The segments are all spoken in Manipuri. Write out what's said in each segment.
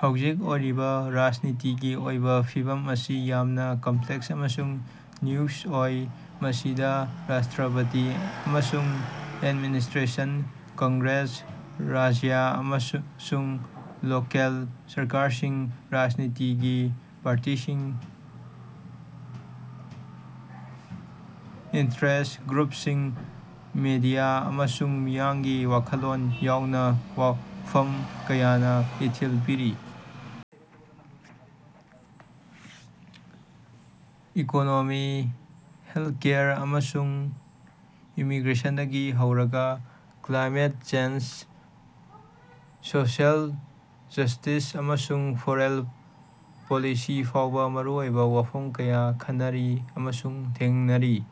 ꯍꯧꯖꯤꯛ ꯑꯣꯏꯔꯤꯕ ꯔꯥꯖꯅꯤꯇꯤꯒꯤ ꯑꯣꯏꯕ ꯐꯤꯚꯝ ꯑꯁꯤ ꯌꯥꯝꯅ ꯀꯝꯄ꯭ꯂꯦꯛꯁ ꯑꯃꯁꯨꯡ ꯅ꯭ꯌꯨꯑꯦꯟꯁ ꯑꯣꯏ꯫ ꯃꯁꯤꯗ ꯔꯥꯁꯇ꯭ꯔꯄꯥꯇꯤ ꯑꯃꯁꯨꯡ ꯑꯦꯗꯃꯤꯅꯤꯁꯇ꯭ꯔꯦꯁꯟ, ꯀꯪꯒ꯭ꯔꯦꯁ, ꯔꯥꯖ꯭ꯌ ꯑꯃꯁꯨꯡ ꯂꯣꯀꯦꯜ ꯁꯔꯀꯥꯔꯁꯤꯡ, ꯔꯥꯖꯅꯤꯇꯤꯒꯤ ꯄꯥꯔꯇꯤꯁꯤꯡ, ꯏꯟꯇꯔꯦꯁ꯭ꯠ ꯒ꯭ꯔꯨꯞꯁꯤꯡ, ꯃꯤꯗꯤꯌꯥ, ꯑꯃꯁꯨꯡ ꯃꯤꯌꯥꯝꯒꯤ ꯋꯥꯈꯜꯂꯣꯟ ꯌꯥꯎꯅ ꯋꯥꯐꯝ ꯀꯌꯥꯅ ꯏꯊꯤꯜ ꯄꯤꯔꯤ꯫ ꯏꯀꯣꯅꯣꯃꯤ, ꯍꯦꯜꯊꯀꯦꯌꯔ, ꯑꯃꯁꯨꯡ ꯏꯃꯤꯒ꯭ꯔꯦꯁꯟꯗꯒꯤ ꯍꯧꯔꯒꯥ ꯀ꯭ꯂꯥꯏꯃꯦꯠ ꯆꯦꯟꯖ, ꯁꯣꯁꯤꯑꯦꯜ ꯖ꯭ꯁꯇꯤꯁ, ꯑꯃꯁꯨꯡ ꯐꯣꯔꯦꯟ ꯄꯣꯂꯤꯁꯤ ꯐꯥꯎꯕ ꯃꯔꯨꯑꯣꯏꯕ ꯋꯥꯐꯝ ꯀꯌꯥ ꯈꯟꯅꯔꯤ ꯑꯃꯁꯨꯡ ꯊꯦꯡꯅꯔꯤ꯫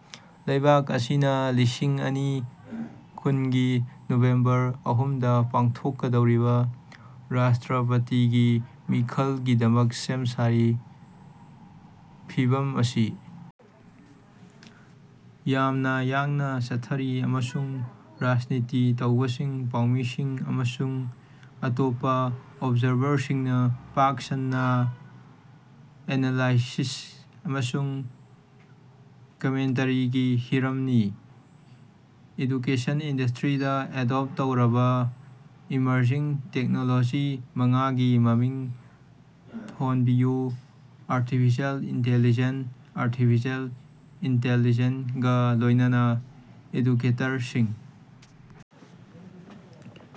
ꯂꯩꯕꯥꯛ ꯑꯁꯤꯅ ꯂꯤꯁꯤꯡ ꯑꯅꯤ ꯀꯨꯟꯒꯤ ꯅꯕꯦꯝꯕꯔ ꯑꯍꯨꯝꯗꯥ ꯄꯥꯡꯊꯣꯛꯀꯗꯧꯔꯤꯕ ꯔꯥꯁꯇ꯭ꯔꯄꯥꯇꯤꯒꯤ ꯃꯤꯈꯜꯒꯤꯗꯃꯛ ꯁꯦꯝ ꯁꯥꯔꯤ, ꯐꯤꯚꯝ ꯑꯁꯤ ꯌꯥꯝꯅ ꯌꯥꯡꯅ ꯆꯠꯊꯔꯤ ꯑꯃꯁꯨꯡ ꯔꯥꯖꯅꯤꯇꯤ ꯇꯧꯕꯁꯤꯡ, ꯄꯥꯎꯃꯤꯁꯤꯡ, ꯑꯃꯁꯨꯡ ꯑꯇꯣꯞꯄ ꯑꯣꯕꯖꯥꯔꯚꯔꯁꯤꯡꯅ ꯄꯥꯛ ꯁꯟꯅꯥ ꯑꯦꯅꯥꯂꯥꯏꯁꯤꯁ ꯑꯃꯁꯨꯡ ꯀꯃꯦꯟꯇꯔꯤꯒꯤ ꯍꯤꯔꯝꯅꯤ꯫ ꯑꯦꯖꯨꯀꯦꯁꯟ ꯏꯟꯗꯁꯇ꯭ꯔꯤꯗ ꯑꯦꯗꯣꯞꯇ ꯇꯧꯔꯕꯥ ꯏꯃꯔꯖꯤꯡ ꯇꯦꯛꯅꯣꯂꯣꯖꯤ ꯃꯉꯥꯒꯤ ꯃꯃꯤꯡ ꯊꯣꯟꯕꯤꯌꯨ꯫ ꯑꯥꯔꯇꯤꯐꯤꯁꯤꯑꯦꯜ ꯏꯟꯇꯦꯂꯤꯖꯦꯟꯁ - ꯑꯥꯔꯇꯤꯐꯤꯁꯤꯑꯦꯜ ꯏꯟꯇꯤꯂꯤꯖꯦꯟꯁ ꯀꯥ ꯂꯣꯏꯅꯅꯥ ꯑꯦꯖꯨꯀꯦꯇꯔꯁꯤꯡ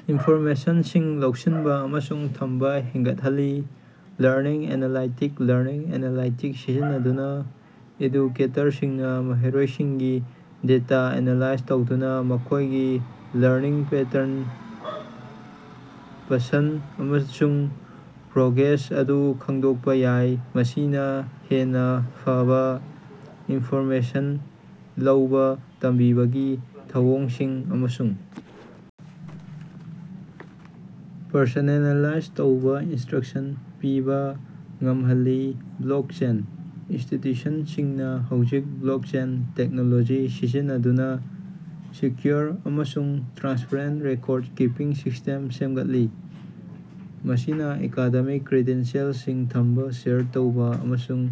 ꯏꯟꯐꯣꯔꯃꯦꯁꯟꯁꯤꯡ ꯂꯧꯁꯤꯟꯕ ꯑꯃꯁꯨꯡ ꯊꯝꯕ ꯍꯦꯟꯒꯠꯍꯜꯂꯤ꯫ ꯂꯔꯅꯤꯡ ꯑꯦꯅꯥꯂꯥꯏꯇꯤꯛꯁ - ꯂꯔꯅꯤꯡ ꯑꯦꯅꯥꯂꯥꯏꯇꯤꯛꯁ ꯁꯤꯖꯤꯟꯅꯗꯨꯅ ꯑꯦꯖꯨꯀꯦꯇꯔꯁꯤꯡꯅ ꯃꯍꯩꯔꯣꯏꯁꯤꯡꯒꯤ ꯗꯦꯇꯥ ꯑꯦꯅꯥꯂꯥꯏꯖ ꯇꯧꯗꯨꯅ ꯃꯈꯣꯏꯒꯤ ꯂꯔꯅꯤꯡ ꯄꯦꯇꯔꯟ, ꯄꯁꯟꯗ ꯑꯃꯁꯨꯡ ꯄ꯭ꯔꯣꯒ꯭ꯔꯦꯁ ꯑꯗꯨ ꯈꯪꯗꯣꯛꯄ ꯌꯥꯏ, ꯃꯁꯤꯅ ꯍꯦꯟꯅ ꯐꯕꯥ ꯏꯟꯐꯣꯔꯃꯦꯁꯟ ꯂꯩꯕ ꯇꯝꯕꯤꯕꯒꯤ ꯊꯧꯑꯣꯡꯁꯤꯡ ꯑꯃꯁꯨꯡ ꯄꯔꯁꯣꯅꯦꯂꯥꯏꯖ ꯇꯧꯔꯕ ꯏꯟꯁꯇ꯭ꯔꯛꯁꯟ ꯄꯤꯕ ꯉꯝꯍꯜꯂꯤ꯫ ꯕ꯭ꯂꯣꯛꯆꯦꯟ - ꯏꯟꯁꯇꯤꯇ꯭ꯌꯨꯁꯟꯁꯤꯡꯅ ꯍꯧꯖꯤꯛ ꯕ꯭ꯂꯣꯛꯆꯦꯟ ꯇꯦꯛꯅꯣꯂꯣꯖꯤ ꯁꯤꯖꯤꯟꯅꯗꯨꯅ ꯁꯦꯀ꯭ꯌꯨꯔ ꯑꯃꯁꯨꯡ ꯇ꯭ꯔꯥꯟꯁꯄꯔꯦꯟꯇ ꯔꯦꯀꯣꯔꯗ-ꯀꯤꯄꯤꯡ ꯁꯤꯁꯇꯦꯝꯁꯤꯡ ꯁꯦꯝꯒꯠꯂꯤ, ꯃꯁꯤꯅ ꯑꯦꯀꯥꯗꯦꯃꯤꯛ ꯀ꯭ꯔꯦꯗꯦꯟꯁꯤꯑꯦꯜꯁꯤꯡ ꯊꯝꯕ, ꯁꯦꯌꯔ ꯇꯧꯕ ꯑꯃꯁꯨꯡ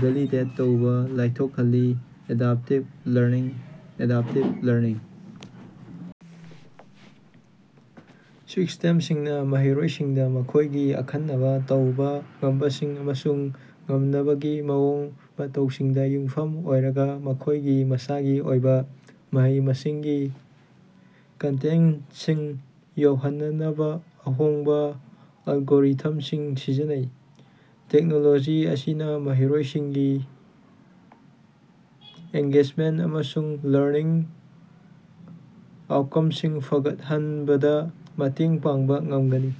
ꯚꯦꯂꯤꯗꯦꯠ ꯇꯧꯕꯗ ꯂꯥꯏꯊꯣꯛꯍꯜꯂꯦ꯫ ꯑꯦꯗꯕꯦꯛꯇꯤꯕ ꯂꯔꯅꯤꯡ - ꯑꯦꯗꯕꯦꯛꯇꯤꯕ ꯂꯔꯅꯤꯡ ꯁꯤꯁꯇꯦꯝꯁꯤꯡꯅ ꯃꯍꯩꯔꯣꯏꯁꯤꯡꯗ ꯃꯈꯣꯏꯒꯤ ꯑꯈꯟꯅꯕꯥ ꯇꯧꯕ ꯉꯝꯕꯁꯤꯡ ꯑꯃꯁꯨꯡ ꯇꯝꯅꯕꯒꯤ ꯃꯑꯣꯡ ꯃꯇꯧꯁꯤꯡꯗ ꯌꯨꯝꯐꯝ ꯑꯣꯏꯔꯒ, ꯃꯈꯣꯏꯒꯤ ꯃꯁꯥꯒꯤ ꯑꯣꯏꯕ ꯃꯍꯩ-ꯃꯁꯤꯡꯒꯤ ꯀꯟꯇꯦꯟꯇꯁꯤꯡ ꯌꯧꯍꯟꯅꯕꯥ ꯑꯍꯣꯡꯕ ꯑꯦꯜꯒꯣꯔꯤꯊꯝꯁꯤꯡ ꯁꯤꯖꯤꯟꯅꯩ꯫ ꯇꯦꯛꯅꯣꯂꯣꯖꯤ ꯑꯁꯤꯅ ꯃꯍꯩꯔꯣꯏꯁꯤꯡꯒꯤ ꯑꯦꯡꯒꯦꯖꯃꯦꯟꯇ ꯑꯃꯁꯨꯡ ꯂꯔꯅꯤꯡ ꯑꯥꯎꯠꯀꯝꯁꯤꯡ ꯐꯒꯠꯍꯟꯕꯗ ꯃꯇꯦꯡ ꯄꯥꯡꯕ ꯉꯝꯒꯅꯤ꯫